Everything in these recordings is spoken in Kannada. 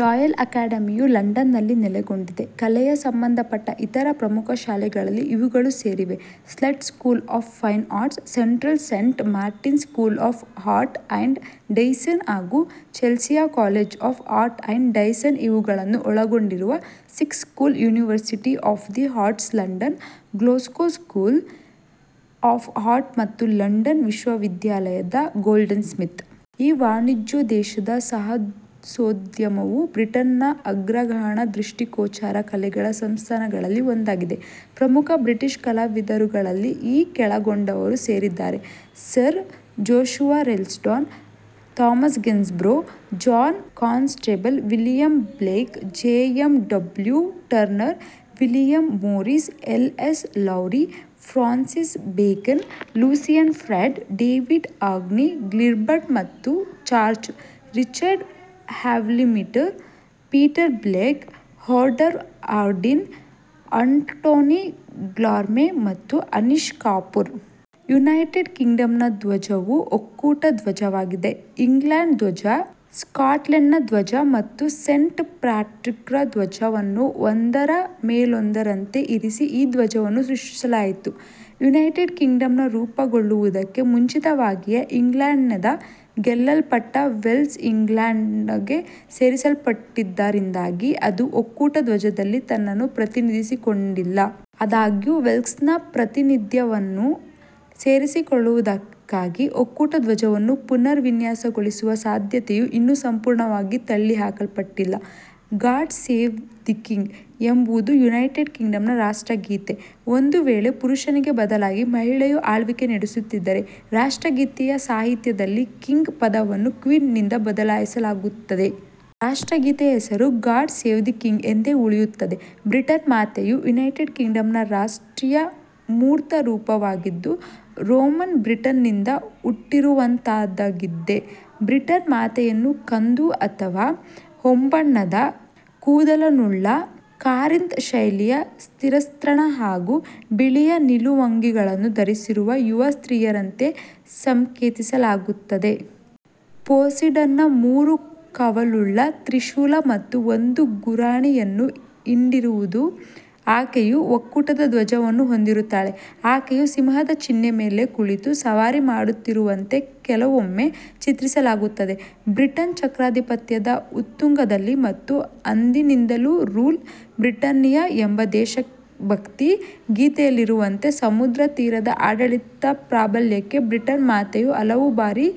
ರಾಯಲ್ ಅಕೆಡೆಮಿ ಯು ಲಂಡನ್ನಲ್ಲಿ ನೆಲೆಗೊಂಡಿದೆ. ಕಲೆಗೆ ಸಂಬಂಧಪಟ್ಟ ಇತರ ಪ್ರಮುಖ ಶಾಲೆಗಳಲ್ಲಿ ಇವುಗಳು ಸೇರಿವೆ: Slade School of Fine Art; Central Saint Martins School of Art and Design ಹಾಗೂ Chelsea College of Art and Design ಇವುಗಳನ್ನು ಒಳಗೊಂಡಿರುವ six school University of the Arts London; Glasgow School of Art ಮತ್ತು ಲಂಡನ್ ವಿಶ್ವವಿದ್ಯಾಲಯದ ಗೋಲ್ಡ್ಸ್ಮಿತ್ಸ್. ಈ ವಾಣಿಜ್ಯೋದ್ದೇಶದ ಸಾಹಸೋದ್ಯಮವು ಬ್ರಿಟನ್ನಿನ ಅಗ್ರಗಣ್ಯ ದೃಷ್ಟಿಗೋಚರ ಕಲೆಗಳ ಸಂಸ್ಥೆಗಳಲ್ಲಿ ಒಂದಾಗಿದೆ. ಪ್ರಮುಖ ಬ್ರಿಟಿಷ್ ಕಲಾವಿದರುಗಳಲ್ಲಿ ಈ ಕೆಳಕಂಡವರು ಸೇರಿದ್ದಾರೆ: Sir Joshua Reynolds, Thomas Gainsborough, John Constable, William Blake, J. M. W. Turner, William Morris, L. S. Lowry, Francis Bacon, Lucian Freud, David Hockney, Gilbert ಮತ್ತು George, Richard Hamilton, Peter Blake, Howard Hodgkin, Antony Gormley ಮತ್ತು ಅನೀಶ್ ಕಪೂರ್. ಯುನೈಟೆಡ್ ಕಿಂಗಡಂನ ಧ್ವಜ ವು ಒಕ್ಕೂಟ ಧ್ವಜ ವಾಗಿದೆ. ಇಂಗ್ಲೆಂಡ್ನ ಧ್ವಜ, ಸ್ಕಾಟ್ಲೆಂಡ್ನ ಧ್ವಜ ಮತ್ತು ಸೇಂಟ್ ಪ್ಯಾಟ್ರಿಕ್ರ ಧ್ವಜ ವನ್ನು ಒಂದರ ಮೇಲೊಂದರಂತೆ ಇರಿಸಿ ಈ ಧ್ವಜವನ್ನು ಸೃಷ್ಟಿಸಲಾಯಿತು. ಯುನೈಟೆಡ್ ಕಿಂಗಡಂ ರೂಪುಗೊಳ್ಳುವುದಕ್ಕೆ ಮುಂಚಿತವಾಗಿಯೇ, ಇಂಗ್ಲೆಂಡ್ನಿಂದ ಗೆಲ್ಲಲ್ಪಟ್ಟ ವೇಲ್ಸ್ ಇಂಗ್ಲೆಂಡ್ಗೆ ಸೇರಿಸಲ್ಪಟ್ಟಿದ್ದರಿಂದಾಗಿ ಅದು ಒಕ್ಕೂಟ ಧ್ವಜದಲ್ಲಿ ತನ್ನನ್ನು ಪ್ರತಿನಿಧಿಸಿಕೊಂಡಿಲ್ಲ. ಆದಾಗ್ಯೂ, ವೇಲ್ಸ್ನ ಪ್ರಾತಿನಿಧ್ಯವನ್ನು ಸೇರಿಸಿಕೊಳ್ಳುವುದಕ್ಕಾಗಿ ಒಕ್ಕೂಟ ಧ್ವಜವನ್ನು ಪುನರ್ ವಿನ್ಯಾಸಗೊಳಿಸುವ ಸಾಧ್ಯತೆಯು ಇನ್ನೂ ಸಂಪೂರ್ಣವಾಗಿ ತಳ್ಳಿಹಾಕಲ್ಪಟ್ಟಿಲ್ಲ. " ಗಾಡ್ ಸೇವ್ ದಿ ಕಿಂಗ್ " ಎಂಬುದು ಯುನೈಟೆಡ್ ಕಿಂಗ್ಡಂನ ರಾಷ್ಟ್ರಗೀತೆ. ಒಂದು ವೇಳೆ ಪುರುಷನಿಗೆ ಬದಲಾಗಿ ಮಹಿಳೆಯು ಆಳ್ವಿಕೆ ನಡೆಸುತ್ತಿದ್ದರೆ, ರಾಷ್ಟ್ರಗೀತೆಯ ಸಾಹಿತ್ಯದಲ್ಲಿನ "ಕಿಂಗ್" ಪದವನ್ನು "ಕ್ವೀನ್"ನಿಂದ ಬದಲಾಯಿಸಲಾಗುತ್ತದೆ. ರಾಷ್ಟ್ರಗೀತೆಯ ಹೆಸರು "ಗಾಡ್ ಸೇವ್ ದಿ ಕಿಂಗ್" ಎಂದೇ ಉಳಿಯುತ್ತದೆ. ಬ್ರಿಟನ್ ಮಾತೆ ಯು ಯುನೈಟೆಡ್ ಕಿಂಗ್ಡಂನ ರಾಷ್ಟ್ರೀಯ ಮೂರ್ತರೂಪ ವಾಗಿದ್ದು, ರೋಮನ್ ಬ್ರಿಟನ್ ನಿಂದ ಹುಟ್ಟಿರುವಂಥಾದ್ದಾಗಿದೆ. ಬ್ರಿಟನ್ ಮಾತೆಯನ್ನು ಕಂದು ಅಥವಾ ಹೊಂಬಣ್ಣದ ಕೂದಲನ್ನುಳ್ಳ, ಕಾರಿಂತ್ ಶೈಲಿಯ ಶಿರಸ್ತ್ರಾಣ ಹಾಗೂ ಬಿಳಿಯ ನಿಲುವಂಗಿಗಳನ್ನು ಧರಿಸಿರುವ ಯುವ ಸ್ತ್ರೀಯಂತೆ ಸಂಕೇತಿಸಲಾಗಿದೆ. ಪೋಸಿಡಾನ್ ನ ಮೂರು ಕವಲುಳ್ಳ ತ್ರಿಶೂಲ ಮತ್ತು ಒಂದು ಗುರಾಣಿ ಯನ್ನು ಹಿಡಿದಿರುವ ಆಕೆಯು, ಒಕ್ಕೂಟದ ಧ್ವಜವನ್ನು ಹೊಂದಿರುತ್ತಾಳೆ. ಆಕೆಯು ಸಿಂಹದ ಬೆನ್ನ ಮೇಲೆ ಕುಳಿತು ಸವಾರಿ ಮಾಡುತ್ತಿರುವಂತೆ ಕೆಲವೊಮ್ಮೆ ಚಿತ್ರಿಸಲಾಗುತ್ತದೆ. ಬ್ರಿಟನ್ ಚಕ್ರಾಧಿಪತ್ಯದ ಉತ್ತುಂಗದಲ್ಲಿ ಮತ್ತು ಅಂದಿನಿಂದಲೂ, ರೂಲ್, ಬ್ರಿಟಾನಿಯಾ! ಎಂಬ ದೇಶಭಕ್ತಿ ಗೀತೆಯಲ್ಲಿರುವಂತೆ, ಸಮುದ್ರ ತೀರದ ಆಡಳಿತ ಪ್ರಾಬಲ್ಯಕ್ಕೆ ಬ್ರಿಟನ್ ಮಾತೆಯು ಹಲವುಬಾರಿ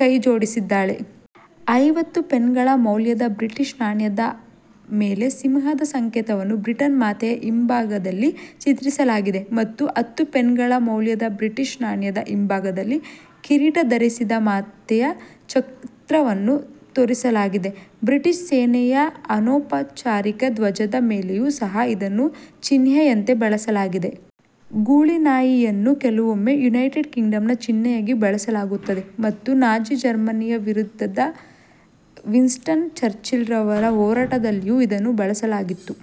ಕೈಜೋಡಿಸಿದ್ದಾಳೆ. ಐವತ್ತು ಪೆನ್ನಿಗಳ ಮೌಲ್ಯದ ಬ್ರಿಟಿಷ್ ನಾಣ್ಯ ದ ಮೇಲೆ ಸಿಂಹ ದ ಸಂಕೇತವನ್ನು ಬ್ರಿಟನ್ ಮಾತೆಯ ಹಿಂಭಾಗದಲ್ಲಿ ಚಿತ್ರಿಸಲಾಗಿದೆ ಮತ್ತು ಹತ್ತು ಪೆನ್ನಿಗಳ ಮೌಲ್ಯದ ಬ್ರಿಟಿಷ್ ನಾಣ್ಯ ದ ಹಿಂಭಾಗದಲ್ಲಿ ಕಿರೀಟ ಧರಿಸಿದ ಮಾತೆಯ ಚಿತ್ರವನ್ನು ತೋರಿಸಲಾಗಿದೆ. ಬ್ರಿಟಿಷ್ ಸೇನೆ ಯ ಅನೌಪಚಾರಿಕ ಧ್ವಜದ ಮೇಲೆಯೂ ಸಹ ಇದನ್ನು ಚಿಹ್ನೆಯಂತೆ ಬಳಸಲಾಗಿದೆ. ಗೂಳಿನಾಯಿ ಯನ್ನು ಕೆಲವೊಮ್ಮೆ ಯುನೈಟೆಡ್ ಕಿಂಗ್ಡಂನ ಚಿಹ್ನೆಯಾಗಿ ಬಳಸಲಾಗುತ್ತದೆ ಮತ್ತು ನಾಜಿ ಜರ್ಮನಿಯ ವಿರುದ್ಧದ ವಿನ್ಸ್ಟನ್ ಚರ್ಚಿಲ್ ರವರ ಹೋರಾಟದಲ್ಲಿಯೂ ಇದನ್ನು ಬಳಸಲಾಗಿತ್ತು.